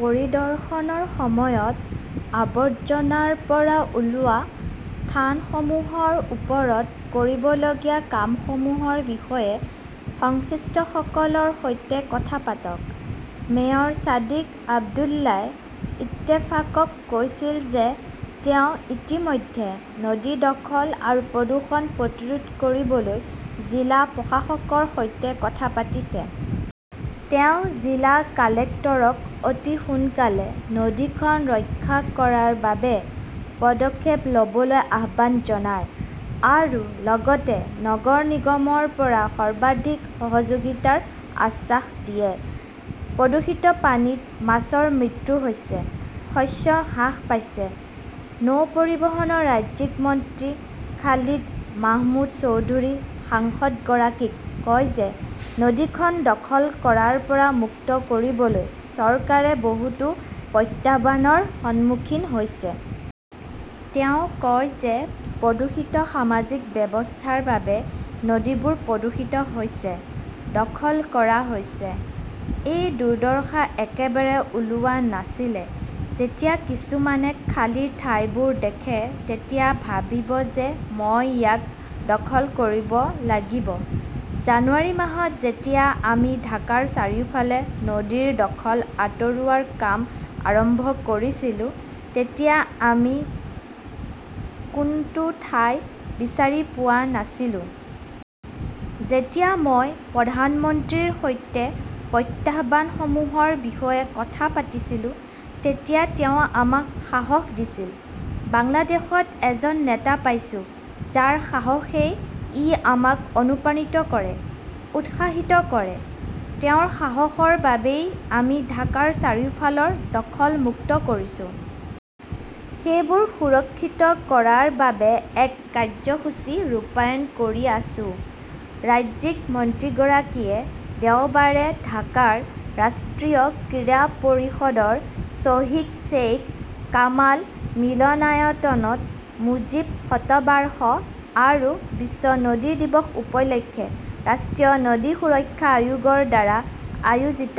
পৰিদৰ্শনৰ সময়ত আৱৰ্জনাৰ পৰা ওলোৱা স্থানসমূহৰ ওপৰত কৰিবলগীয়া কামসমূহৰ বিষয়ে সংশ্লিষ্টসকলৰ সৈতে কথা পাতক। মেয়ৰ ছাদিক আব্দুল্লাই ইত্তেফাকক কৈছিল যে তেওঁ ইতিমধ্যে নদী দখল আৰু প্ৰদূষণ প্ৰতিৰোধ কৰিবলৈ জিলা প্ৰশাসকৰ সৈতে কথা পাতিছে। তেওঁ জিলা কালেক্টৰক অতি সোনকালে নদীখন ৰক্ষা কৰাৰ বাবে পদক্ষেপ লবলৈ আহ্বান জনায় আৰু লগতে নগৰ নিগমৰ পৰা সৰ্বাধিক সহযোগিতাৰ আশ্বাস দিয়ে। প্ৰদূষিত পানীত মাছৰ মৃত্যু হৈছে, শস্য হ্ৰাস পাইছে। নৌ পৰিবহণৰ ৰাজ্যিক মন্ত্ৰী খালিদ মাহমুদ চৌধুৰী সাংসদগৰাকীক কয় যে নদীখন দখল কৰাৰ পৰা মুক্ত কৰিবলৈ চৰকাৰে বহুতো প্ৰত্যাহ্বানৰ সন্মুখীন হৈছে। তেওঁ কয় যে প্ৰদূষিত সামাজিক ব্যৱস্থাৰ বাবে নদীবোৰ প্ৰদূষিত হৈছে, দখল কৰা হৈছে। এই দুৰ্দশা একেবাৰে ওলোৱা নাছিলে, যেতিয়া কিছুমানে খালী ঠাইবোৰ দেখে তেতিয়া ভাবিব যে মই ইয়াক দখল কৰিব লাগিব। জানুৱাৰী মাহত যেতিয়া আমি ঢাকাৰ চাৰিওফালে নদীৰ দখল আঁতৰোৱা কাম আৰম্ভ কৰিছিলো তেতিয়া আমি কোনটো ঠাই বিচাৰি পোৱা নাছিলো। যেতিয়া মই প্ৰধানমন্ত্ৰীৰ সৈতে প্ৰত্যাহ্বানসমূহৰ বিষয়ে কথা পাতিছিলোঁ, তেতিয়া তেওঁ আমাক সাহস দিছিল। বাংলাদেশত এজন নেতা পাইছো যাৰ সাহসেই ই আমাক অনুপ্ৰাণিত কৰে, উৎসাহিত কৰে। তেওঁৰ সাহসৰ বাবেই আমি ঢাকাৰ চাৰিওফালৰ দখল মুক্ত কৰিছো। সেইবোৰ সুৰক্ষিত কৰাৰ বাবে এক কাৰ্যসূচী ৰূপায়ণ কৰি আছো। ৰাজ্যিক মন্ত্ৰীগৰাকীয়ে দেওবাৰে ঢাকাৰ ৰাষ্ট্ৰীয় ক্ৰীড়া পৰিষদৰ শ্বহীদ শ্বেইখ কামাল মিলনায়তনত মুজীব শতবাৰ্ষ আৰু বিশ্ব নদী দিৱস উপলক্ষে ৰাষ্ট্ৰীয় নদী সুৰক্ষা আয়োগৰ দ্বাৰা আয়োজিত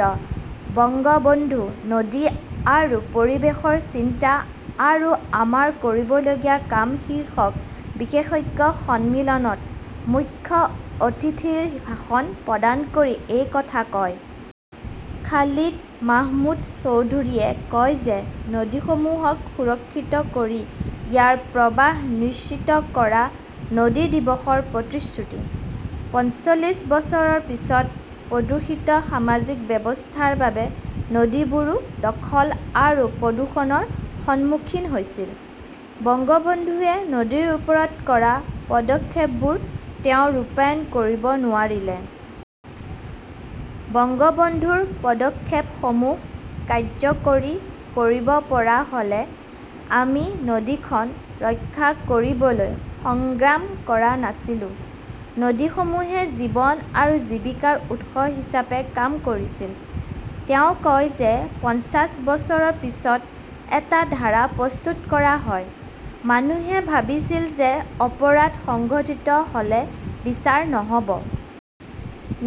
বঙ্গবন্ধু নদী আৰু পৰিৱেশৰ চিন্তা আৰু আমাৰ কৰিবলগীয়া কাম শীৰ্ষক বিশেষজ্ঞ সন্মিলনত মুখ্য অতিথিৰ ভাষণ প্ৰদান কৰি এই কথা কয়। খালিদ মাহমুদ চৌধুৰীয়ে কয় যে নদীসমূহক সুৰক্ষিত কৰি ইয়াৰ প্ৰবাহ নিশ্চিত কৰা-নদী দিৱসৰ প্ৰতিশ্ৰুতি। পঞ্চচল্লিশ বছৰৰ পিছত প্ৰদূষিত সামাজিক ব্যৱস্থাৰ বাবে নদীবোৰো দখল আৰু প্ৰদূষণৰ সন্মুখীন হৈছিল। বংগবন্ধুৱে নদীৰ ওপৰত কৰা পদক্ষেপবোৰ তেওঁ ৰূপায়ণ কৰিব নোৱাৰিলে। বংগবন্ধুৰ পদক্ষেপসমূহ কাৰ্যকৰী কৰিব পৰা হ'লে আমি নদীখন ৰক্ষা কৰিবলৈ সংগ্ৰাম কৰা নাছিলো। নদীসমূহে জীৱন আৰু জীৱিকাৰ উৎস হিচাপে কাম কৰিছিল। তেওঁ কয় যে পঞ্চাশ বছৰৰ পিছত এটা ধাৰা প্ৰস্তুত কৰা হয়, মানুহে ভাবিছিল যে অপৰাধ সংঘটিত হ'লে বিচাৰ নহব।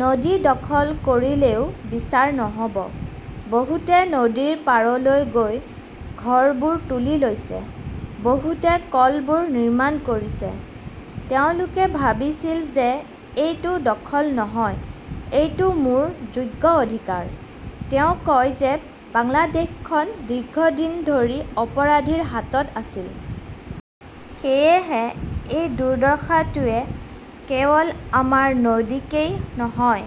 নদী দখল কৰিলেও বিচাৰ নহব। বহুতে নদীৰ পাৰলৈ গৈ ঘৰবোৰ তুলি লৈছে, বহুতে কলবোৰ নিৰ্মাণ কৰিছে। তেওঁলোকে ভাবিছিল যে এইটো দখল নহয়, এইটো মোৰ যোগ্য অধিকাৰ। তেওঁ কয় যে বাংলাদেশ খন দীৰ্ঘদিন ধৰি অপৰাধীৰ হাতত আছিল। সেয়েহে, এই দুৰ্দশাটোৱে কেৱল আমাৰ নদীকেই নহয়,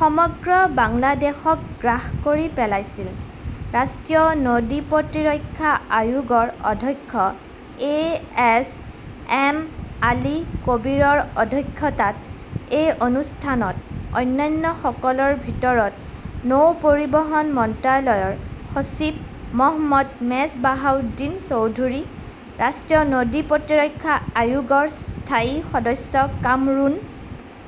সমগ্ৰ বাংলাদেশক গ্ৰাস কৰি পেলাইছিল । ৰাষ্ট্ৰীয় নদী প্ৰতিৰক্ষা আয়োগৰ অধ্যক্ষ এ. এছ. এম. আলী কবীৰৰ অধ্যক্ষতাত এই অনুষ্ঠানত অন্যান্যসকলৰ ভিতৰত নৌ পৰিবহণ মন্ত্ৰালয়ৰ সচিব মহম্মদ মেজবাহউদ্দিন চৌধুৰী, ৰাষ্ট্ৰীয় নদী প্ৰতিৰক্ষা আয়োগৰ স্থায়ী সদস্য কামৰুন